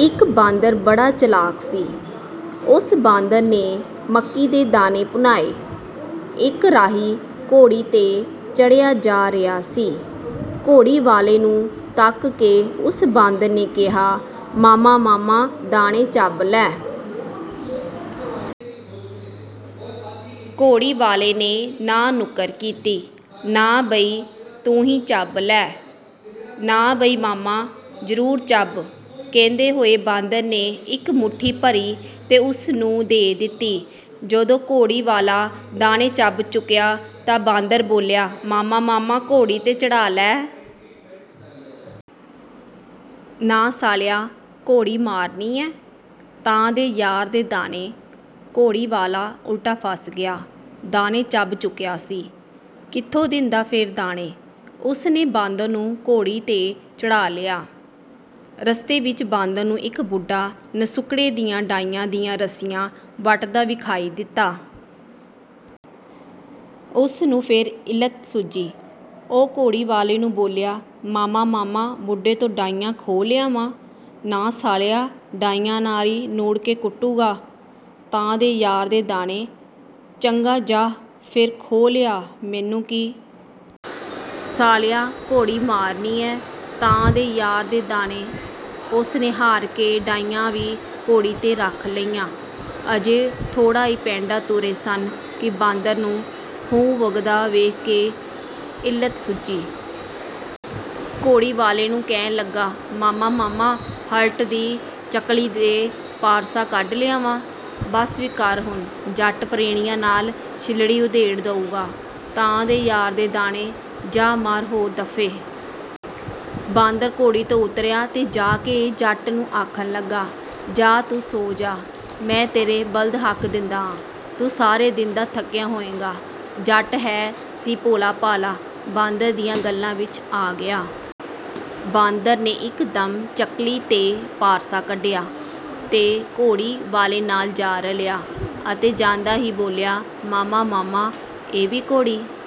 ਇੱਕ ਬਾਂਦਰ ਬੜਾ ਚਲਾਕ ਸੀ। ਓਸ ਬਾਂਦਰ ਨੇ ਮੱਕੀ ਦੇ ਦਾਣੇ ਭੁੰਨਾਏ। ਇੱਕ ਰਾਹੀ ਘੋੜੀ 'ਤੇ ਚੜ੍ਹਿਆ ਜਾ ਰਿਹਾ ਸੀ। ਘੋੜੀ ਵਾਲੇ ਨੂੰ ਤੱਕ ਕੇ ਓਸ ਬਾਂਦਰ ਨੇ ਕਿਹਾ, "ਮਾਮਾ, ਮਾਮਾ, ਦਾਣੇ ਚੱਬ ਲੈ।" ਘੋੜੀ ਵਾਲੇ ਨੇ ਨਾਂਹ-ਨੁੱਕਰ ਕੀਤੀ, "ਨਾ ਬਈ, ਤੂੰ ਹੀ ਚੱਬ ਲੈ।" "ਨਾ ਬਈ ਮਾਮਾ, ਜ਼ਰੂਰ ਚੱਬ," ਕਹਿੰਦੇ ਹੋਏ ਬਾਂਦਰ ਨੇ ਇੱਕ ਮੁੱਠੀ ਭਰੀ ਤੇ ਓਸ ਨੂੰ ਦੇ ਦਿੱਤੀ। ਜਦੋਂ ਘੋੜੀ ਵਾਲਾ ਦਾਣੇ ਚੱਬ ਚੁੱਕਿਆ ਤਾਂ ਬਾਂਦਰ ਬੋਲਿਆ, "ਮਾਮਾ, ਮਾਮਾ, ਘੋੜੀ 'ਤੇ ਚੜ੍ਹਾ ਲੈ।" "ਨਾ ਸਾਲਿਆ, ਘੋੜੀ ਮਾਰਨੀ ਐਂ।" "ਤਾਂ ਦੇ ਯਾਰ ਦੇ ਦਾਣੇ।" ਘੋੜੀ ਵਾਲਾ ਉਲਟਾ ਫਸ ਗਿਆ। ਦਾਣੇ ਚੱਬ ਚੁੱਕਿਆ ਸੀ, ਕਿੱਥੋਂ ਦਿੰਦਾ ਫੇਰ ਦਾਣੇ? ਓਸ ਨੇ ਬਾਂਦਰ ਨੂੰ ਘੋੜੀ 'ਤੇ ਚੜ੍ਹਾ ਲਿਆ। ਰਸਤੇ ਵਿੱਚ ਬਾਂਦਰ ਨੂੰ ਇੱਕ ਬੁੱਢਾ ਨਸੁੱਕੜੇ ਦੀਆਂ ਢਾਈਆਂ ਦੀਆਂ ਰੱਸੀਆਂ ਵੱਟਦਾ ਵਿਖਾਈ ਦਿੱਤਾ। ਉਸ ਨੂੰ ਫੇਰ ਇਲਤ ਸੁੱਝੀ। ਉਹ ਘੋੜੀ ਵਾਲੇ ਨੂੰ ਬੋਲਿਆ, "ਮਾਮਾ, ਮਾਮਾ, ਬੁੱਢੇ ਤੋਂ ਢਾਈਆਂ ਖੋਹ ਲਿਆਵਾਂ।" "ਨਾ ਸਾਲਿਆ, ਢਾਈਆਂ ਨਾਲ ਹੀ ਨੂੜ ਕੇ ਕੁੱਟੂਗਾ?" "ਤਾਂ ਦੇ ਯਾਰ ਦੇ ਦਾਣੇ।" "ਚੰਗਾ, ਜਾਹ ਫੇਰ ਖੋਹ ਲਿਆ, ਮੈਨੂੰ ਕੀ।" "ਸਾਲਿਆ, ਘੋੜੀ ਮਾਰਨੀ ਐਂ।" "ਤਾਂ ਦੇ ਯਾਰ ਦੇ ਦਾਣੇ।" ਓਸ ਨੇ ਹਾਰ ਕੇ ਢਾਈਆਂ ਵੀ ਘੋੜੀ 'ਤੇ ਰੱਖ ਲਈਆਂ। ਅਜੇ ਥੋੜ੍ਹਾ ਹੀ ਪੈਂਡਾ ਤੁਰੇ ਸਨ ਕਿ ਬਾਂਦਰ ਨੂੰ ਖੂਹ ਵਗਦਾ ਵੇਖ ਕੇ ਇਲਤ ਸੁੱਝੀ। ਘੋੜੀ ਵਾਲੇ ਨੂੰ ਕਹਿਣ ਲੱਗਾ, "ਮਾਮਾ, ਮਾਮਾ, ਹਲਟ ਦੀ ਚੱਕਲੀ ਤੇ ਪਾਰਸਾ ਕੱਢ ਲਿਆਵਾਂ।" "ਬਸ ਵੀ ਕਰ ਹੁਣ। ਜੱਟ ਪਰੈਣੀਆਂ ਨਾਲ ਛਿਲੜੀ ਉਧੇੜ ਦਊਗਾ।" "ਤਾਂ ਦੇ ਯਾਰ ਦੇ ਦਾਣੇ।" "ਜਾਹ ਮਰ ਹੋ ਦਫੇ।" ਬਾਂਦਰ ਘੋੜੀ ਤੋਂ ਉਤਰਿਆ ਤੇ ਜਾ ਕੇ ਜੱਟ ਨੂੰ ਆਖਣ ਲੱਗਾ, "ਜਾਹ, ਤੂੰ ਸੌਂ ਜਾ। ਮੈਂ ਤੇਰੇ ਬਲਦ ਹੱਕ ਦਿੰਦਾ ਆਂ। ਤੂੰ ਸਾਰੇ ਦਿਨ ਦਾ ਥੱਕਿਆ ਹੋਏਂਗਾ।" ਜੱਟ ਹੈ ਸੀ ਭੋਲਾ-ਭਾਲਾ। ਬਾਂਦਰ ਦੀਆਂ ਗੱਲਾਂ ਵਿੱਚ ਆ ਗਿਆ। ਬਾਂਦਰ ਨੇ ਇੱਕਦਮ ਚੱਕਲੀ ਤੇ ਪਾਰਸਾ ਕੱਢਿਆ ਤੇ ਘੋੜੀ ਵਾਲੇ ਨਾਲ ਜਾ ਰਲਿਆ ਅਤੇ ਜਾਂਦਾ ਹੀ ਬੋਲਿਆ, "ਮਾਮਾ, ਮਾਮਾ, ਇਹ ਵੀ ਘੋੜੀ